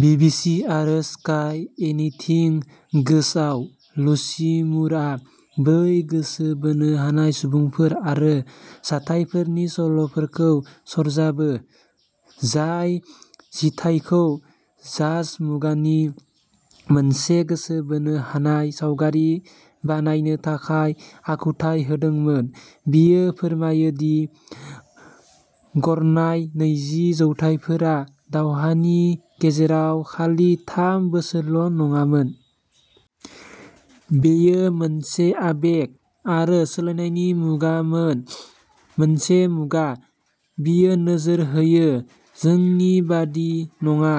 BBC आरो Sky anything गोजआव, Lucy मुरआ बै गोसो बोनो हानाय सुबुंफोर आरो जाथायफोरनि सल'फोरखौ सरजाबो, जाय जिथाइखौ जाज मुगानि मोनसे गोसो बोनो हानाय सावगारि बानायनो थाखाय आखुथाय होदोंमोन। बियो फोरमायो दि गरनाय नैजि जौथाइफोरा दावहानि गेजेराव खालि थाम बोसोरल'नङामोन। बेयो मोनसे आबेग आरो सोलायनायनि मुगामोन मोनसे मुगा, बियो नोजोर होयो, जोंनि बायदि नङा।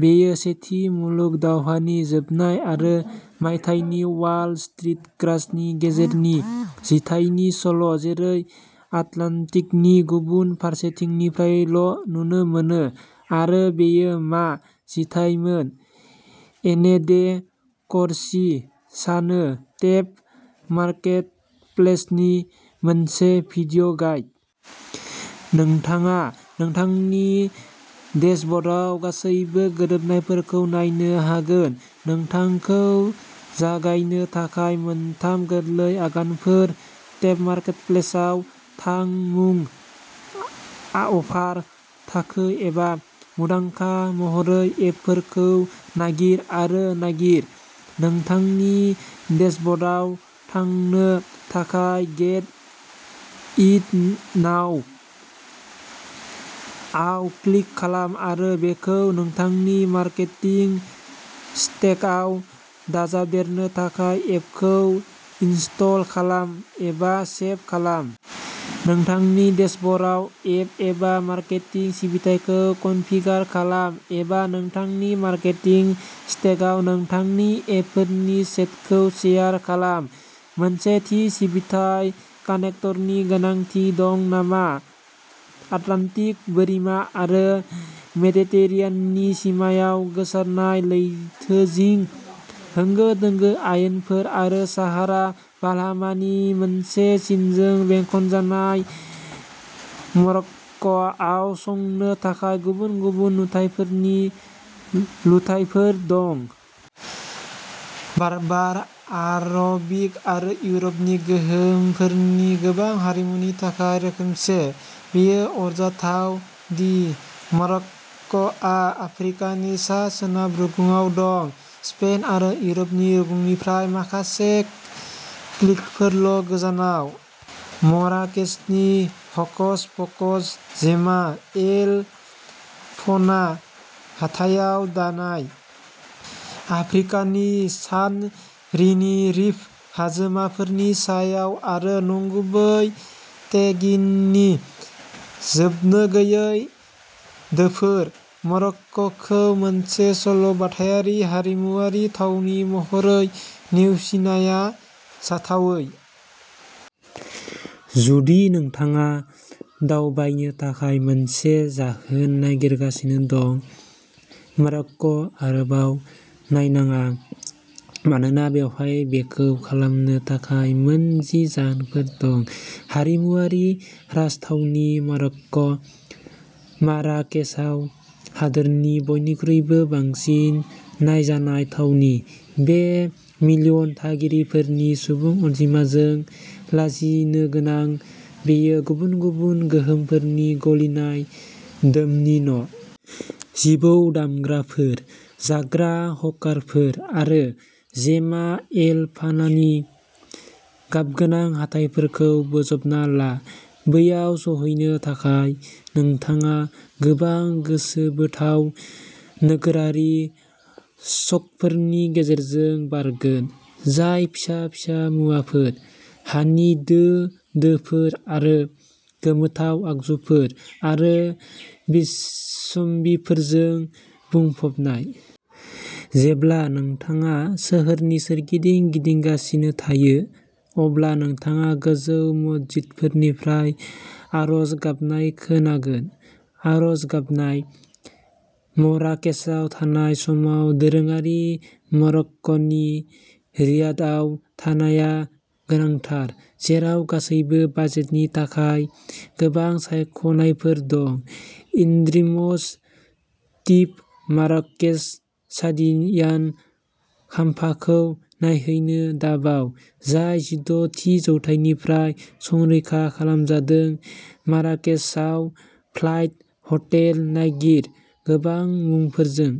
बेयो सेथि मुलुग दावहानि जोबनाय आरो मायथाइनि वाल स्ट्रीट क्रासनि गेजेरनि जिथाइनि सल जेरै आटलान्टिकनि गुबुन फारसेथिंनिफ्रायल'नुनो मोनो। आरो बेयो मा जिथाइमोन, एने डे करसि सानो टेप मार्केटप्लेसनि मोनसे भिडिय'गाइड। नोंथाङा नोंथांनि डेशब'र्डआव गासैबो गोरोबनायफोरखौ नायनो हागोन। नोंथांखौ जागायनो थाखाय मोनथाम गोरलै आगानफोर टेपमार्केटप्लेसाव थां मुं, अफार, थाखो एबा मुंदांखा महरै एपफोरखौ नागिर आरो नागिर। नोंथांनि डेशब'र्डआव थांनो थाखाय "गेट इट नाउ" आव क्लिक खालाम आरो बेखौ नोंथांनि मार्केटिं स्टेकआव दाजाबदेरनो थाखाय एपखौ इनस्टल खालाम, एबा सेब खालाम। नोंथांनि डेशब'र्डआव एप एबा मार्केटिं सिबिथाइखौ कनफिगार खालाम, एबा नोंथांनि मार्केटिं स्टेकआव नोंथांनि एपफोरनि सेटखौ सेयार खालाम। मोनसे थि सिबिथाइ कानेक्टरनि गोनांथि दं नामा आटलान्टिक बोरिमा आरो मेडिटेरेनियाननि सिमायाव, गोसारनाय लैथोजिं, होंगो दोंगो हायेनफोर आरो साहारा बालाहामानि मोनसे सिनजों बेंखनजानाय, मरक्क'आव संनो थाखाय गुबुन गुबुन नुथायफोरनि लुथायफोर दं। बार्बार, आरबिक आरो इउर'पनि गोहोमफोरनि गोबां हारिमुनि थाखाय रोखोमसे, बेयो आरजाथाव दि मरक्क'आ आफ्रिकानि सा सोनाब रुगुंआव दं, स्पेन आरो इउर'पनि रुगुंनिफ्राय माखासे क्लिकफोरल'गोजानाव। मराकेचनि ह'कस प'कस जेमा एल फना हाथायाव दानाय,'आफ्रिकानि सान्ट'रिनि'रिफ हाजोमाफोरनि सायायाव आरो नंगुबै टेगिननि जोबनोगैयै दोफोर, मरक्क'खौ मोनसे सल'बाथायारि हारिमुआरि थावनि महरै नेवसिनाया जाथावै। जुदि नोंथाङा दावबायनो थाखाय मोनसे जाहोन नागिरगासिनो दं। मरक्क, आरोबाव नायनाङा मानोना बेवहाय बेखौ खालामनो थाखाय मोन जि जाहोनफोर दं! हारिमुआरि राजथावनि मरक्क', माराकेचआ हादोरनि बयनिख्रुइबो बांसिन नायजानाय थावनि। से मिलियन थागिरिफोरनि सुबुं अनजिमाजों लाजिनोगोनां, बेयो गुबुन गुबुन गोहोमफोरनि गलिनाय दोमनि न'। जिबौ दामग्राफोर, जाग्रा हकारफोर आरो जेमा एल फानानि गाबगोनां हाथायफोरखौ बोजबना ला। बैयाव सौहैनो थाखाय, नोंथाङा गोबां गोसोबोथाव नोगोरारि स'कफोरनि गेजेरजों बारगोन, जाय फिसा-फिसा मुवाफोर, हानि दो-दोफोर आरो गोमोथाव आगजुफोर आरो बिसम्बिफोरजों बुंफबनाय। जेब्ला नोंथाङा सोहोरनि सोरगिदिं गिदिंगासिनो थायो, अब्ला नोंथाङा गोजौ मस्जिदफोरनिफ्राय आरज गाबनाय खोनांगोन, आर'ज गाबनाय। माराकेचआव थानाय समाव दोरोङारि मरक्क'नि रियादआव थानाया गोनांथार, जेराव गासैबो बाजेटनि थाखाय गोबां सायख'नायफोर दं। इ-ड्रिमस टिप माराकेच सादियान खाम्फाखौ नायहैनो दाबाव, जाय जिद' थि जौथायनिफ्राय संरैखा खालामजादों माराकेचआव फ्लाइट हटेल नागिर गोबां मुंफोरजों।